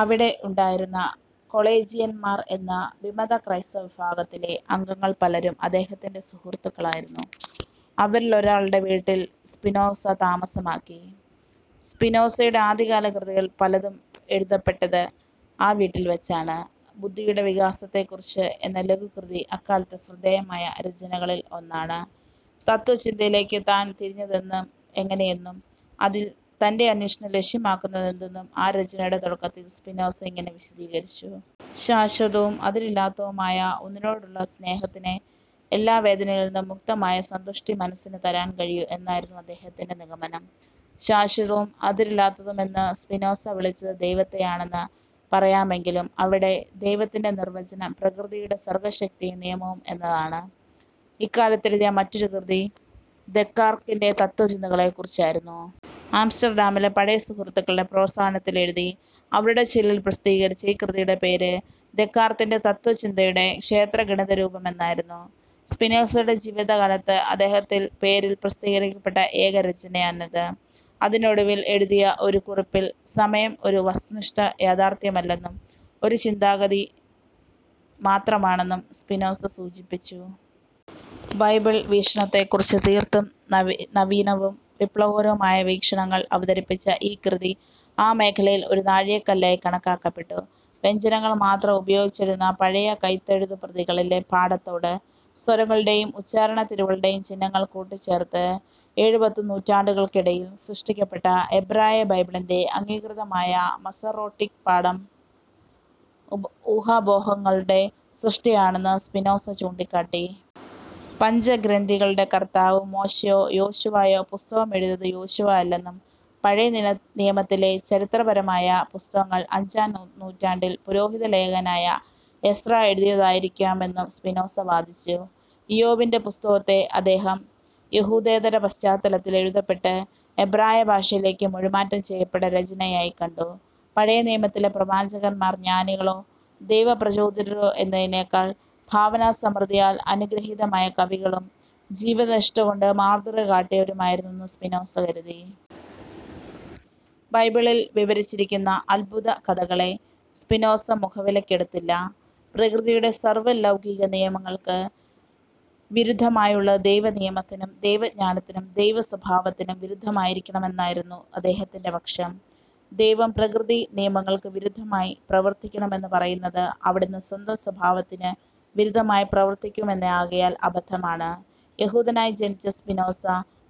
അവിടെയുണ്ടായിരുന്ന കൊളേജിയന്മാർ എന്ന വിമതക്രൈസ്തവവിഭാഗത്തിലെ അംഗങ്ങളിൽ പലരും അദ്ദേഹത്തിന്റെ സുഹൃത്തുക്കളായിരുന്നു. അവരിലൊരാളുടെ വീട്ടിൽ സ്പിനോസ താമസമാക്കി. സ്പിനോസയുടെ ആദ്യകാലകൃതികൾ പലതും എഴുതപ്പെട്ടത് ആ വീട്ടിൽ വച്ചാണ്. ബുദ്ധിയുടെ വികാസത്തെക്കുറിച്ച് എന്ന ലഘുകൃതി അക്കാലത്തെ ശ്രദ്ധേയമായ രചനകളിൽ ഒന്നാണ്. തത്ത്വചിന്തയിലേക്ക് താൻ തിരിഞ്ഞതെങ്ങനെയെന്നും അതിൽ തന്റെ അന്വേഷണം ലക്ഷ്യമാക്കുന്നതെന്തെന്നും ആ രചനയുടെ തുടക്കത്തിൽ സ്പിനോസ ഇങ്ങനെ വിശദീകരിച്ചു. ശാശ്വതവും അതിരില്ലാത്തതുമായുള്ള ഒന്നിനോടുള്ള സ്നേഹത്തിനേ എല്ലാ വേദനയിൽ നിന്നും മുക്തമായ സന്തുഷ്ടി മനസ്സിന് തരാൻ കഴിയൂ എന്നായിരുന്നു അദ്ദേഹത്തിന്റെ നിഗമനം. ശാശ്വതവും അതിരില്ലാത്തതുമെന്ന് സ്പിനോസ വിളിച്ചത് ദൈവത്തെയാണെന്ന് പറയാമെങ്കിലും അവിടെ ദൈവത്തിന്റെ നിർവചനം പ്രകൃതിയുടെ സർഗ്ഗശക്തിയും നിയമങ്ങളും എന്നാണ്. ഇക്കാലത്തെഴുതിയ മറ്റൊരു കൃതി ദെക്കാർത്തിന്റെ തത്ത്വചിന്തയെക്കുറിച്ചായിരുന്നു. ആംസ്റ്റർഡാമിലെ പഴയ സുഹൃത്തുക്കളുടെ പ്രോത്സാഹനത്തിൽ എഴുതി അവരുടെ ചെലവിൽ പ്രസിദ്ധീകരിച്ച ഈ കൃതിയുടെ പേര്, ദെക്കാർത്തിന്റെ തത്ത്വചിന്തയുടെ ക്ഷേത്രഗണിതരൂപം എന്നായിരുന്നു. സ്പിനോസയുടെ ജീവിതകാലത്ത് അദ്ദേഹത്തിൽ പേരിൽ പ്രസിദ്ധീകരിക്കപ്പെട്ട ഏകരചനയാണിത്. അതിനൊടുവിൽ എഴുതിയ ഒരു കുറിപ്പിൽ സമയം ഒരു വസ്തുനിഷ്ഠയാഥാർഥ്യമല്ലെന്നും ഒരു ചിന്താരീതി മാത്രമാണെന്നും സ്പിനോസ സൂചിപ്പിച്ചു. ബൈബിൾ വിമർശനത്തെക്കുറിച്ച് തീർത്തും നവീനവും വിപ്ലവകരവുമായ വീക്ഷണങ്ങൾ അവതരിപ്പിച്ച ഈ കൃതി ആ മേഖലയിൽ ഒരു നാഴികക്കല്ലായി കണക്കാക്കപ്പെടുന്നു. വ്യഞ്ജനങ്ങൾ മാത്രം ഉപയോഗിച്ചെഴുതിയിരുന്ന പഴയ കൈയെഴുത്തുപ്രതികളിലെ പാഠത്തോട്, സ്വരങ്ങളുടേയും ഉച്ചാരണത്തിരിവുകളുടേയും ചിഹ്നങ്ങൾ കൂട്ടിച്ചേർത്ത് ക്രി. വ. ഏഴും പത്തും നൂറ്റാണ്ടുകൾക്കിടയിൽ സൃഷ്ടിക്കപ്പെട്ട എബ്രായബൈബിളിന്റെ അംഗീകൃതമായ മസോറട്ടിക് പാഠം ഊഹാപോഹങ്ങളുടെ സൃഷ്ടിയാണെന്ന് സ്പിനോസ ചൂണ്ടിക്കാട്ടി. പഞ്ചഗ്രന്ഥിയുടെ കർത്താവ് മോശെയോ യോശുവായുടെ പുസ്തകം എഴുതിയത് യോശുവയോ അല്ലെന്നും പഴയനിയമത്തിലെ ചരിത്രപരമായ പുസ്തകങ്ങൾ അഞ്ചാം നൂറ്റാണ്ടിൽ പുരോഹിതലേഖകനായ എസ്രാ എഴുതിയതായിരിക്കാമെന്നും സ്പിനോസ വാദിച്ചു. ഇയ്യോബിന്റെ പുസ്തകത്തെ അദ്ദേഹം, യഹൂദേതരപശ്ചാത്തലത്തിൽ എഴുതപ്പെട്ട് എബ്രായഭാഷയിലേക്ക് മൊഴിമാറ്റം ചെയ്യപ്പെട്ട രചനയായി കണ്ടു. പഴയനിയമത്തിലെ പ്രവാചകന്മാർ ജ്ഞാനികളോ, ദൈവപ്രചോദിതരോ എന്നതിനേക്കാൾ ഭാവനാസമൃദ്ധിയാൽ അനുഗൃഹീതരായ കവികളും ജീവിതനിഷ്ടകൊണ്ട് മാതൃകകാട്ടിയവരും ആയിരുന്നെന്ന് സ്പിനോസ കരുതി. ബൈബിളിൽ വിവരിച്ചിരിക്കുന്ന അത്ഭുതകഥകളെ സ്പിനോസ മുഖവിലക്കെടുത്തില്ല. പ്രകൃതിയുടെ സാർവലൗകികനിയമങ്ങൾക്ക് വിരുദ്ധമായുള്ളത് ദൈവനിയമത്തിനും, ദൈവജ്ഞാനത്തിനും, ദൈവസ്വഭാവത്തിനും വിരുദ്ധമായിരിക്കുമെന്നായിരുന്നു അദ്ദേഹത്തിന്റെ പക്ഷം. ദൈവം പ്രകൃതിനിയമങ്ങൾക്കു വിരുദ്ധമായി പ്രവർത്തിക്കുമെന്നു പറയുന്നത് അവിടന്ന് സ്വന്തം സ്വഭാവത്തിനു വിരുദ്ധമായി പ്രവർത്തിക്കുമെന്നാകയാൽ അബദ്ധമാണ്. യഹൂദനയി ജനിച്ച സ്പിനോസ,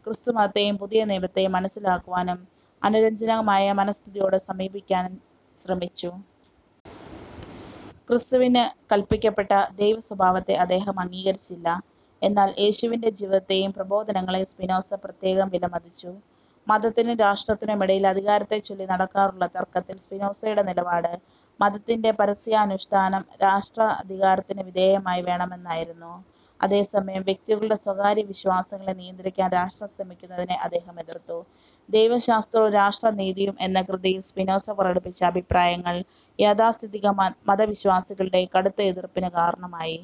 ക്രിസ്തുമതത്തെയും പുതിയനിയമത്തെയും മനസ്സിലാക്കാനും അനുരജ്ഞകമായ മനസ്ഥിതിയോടെ സമീപിക്കാനും ശ്രമിച്ചു. ക്രിസ്തുവിന് കല്പിക്കപ്പെട്ട ദൈവസ്വഭാവത്തെ അദ്ദേഹം അംഗീകരിച്ചില്ല. എന്നാൽ യേശുവിന്റെ ജീവിതത്തെയും പ്രബോധനങ്ങളേയും സ്പിനോസ പ്രത്യേകം വിലമതിച്ചു. മതത്തിനും രാഷ്ട്രത്തിനുമിടയിൽ അധികാരത്തെച്ചൊല്ലി നടക്കാറുള്ള തർക്കത്തിൽ സ്പിനോസയുടെ നിലപാട്, മതത്തിന്റെ പരസ്യാനുഷ്ടാനം രാഷ്ട്രാധികാരത്തിനുവിധേയമായി വേണമെന്നായിരുന്നു. അതേസമയം, വ്യക്തികളുടെ സ്വകാര്യവിശ്വാസങ്ങളെ നിയന്ത്രിക്കാൻ രാഷ്ട്രം ശ്രമിക്കുന്നതിനെ അദ്ദേഹം എതിർത്തു. ദൈവശാസ്ത്രവും രാഷ്ട്രനീതിയും എന്ന കൃതിയിൽ സ്പിനോസ പ്രകടിപ്പിച്ച അഭിപ്രായങ്ങൾ യാഥാസ്ഥിതികമതവിശ്വാസികളുടെ കടുത്ത എതിർപ്പിന് കാരണമായി.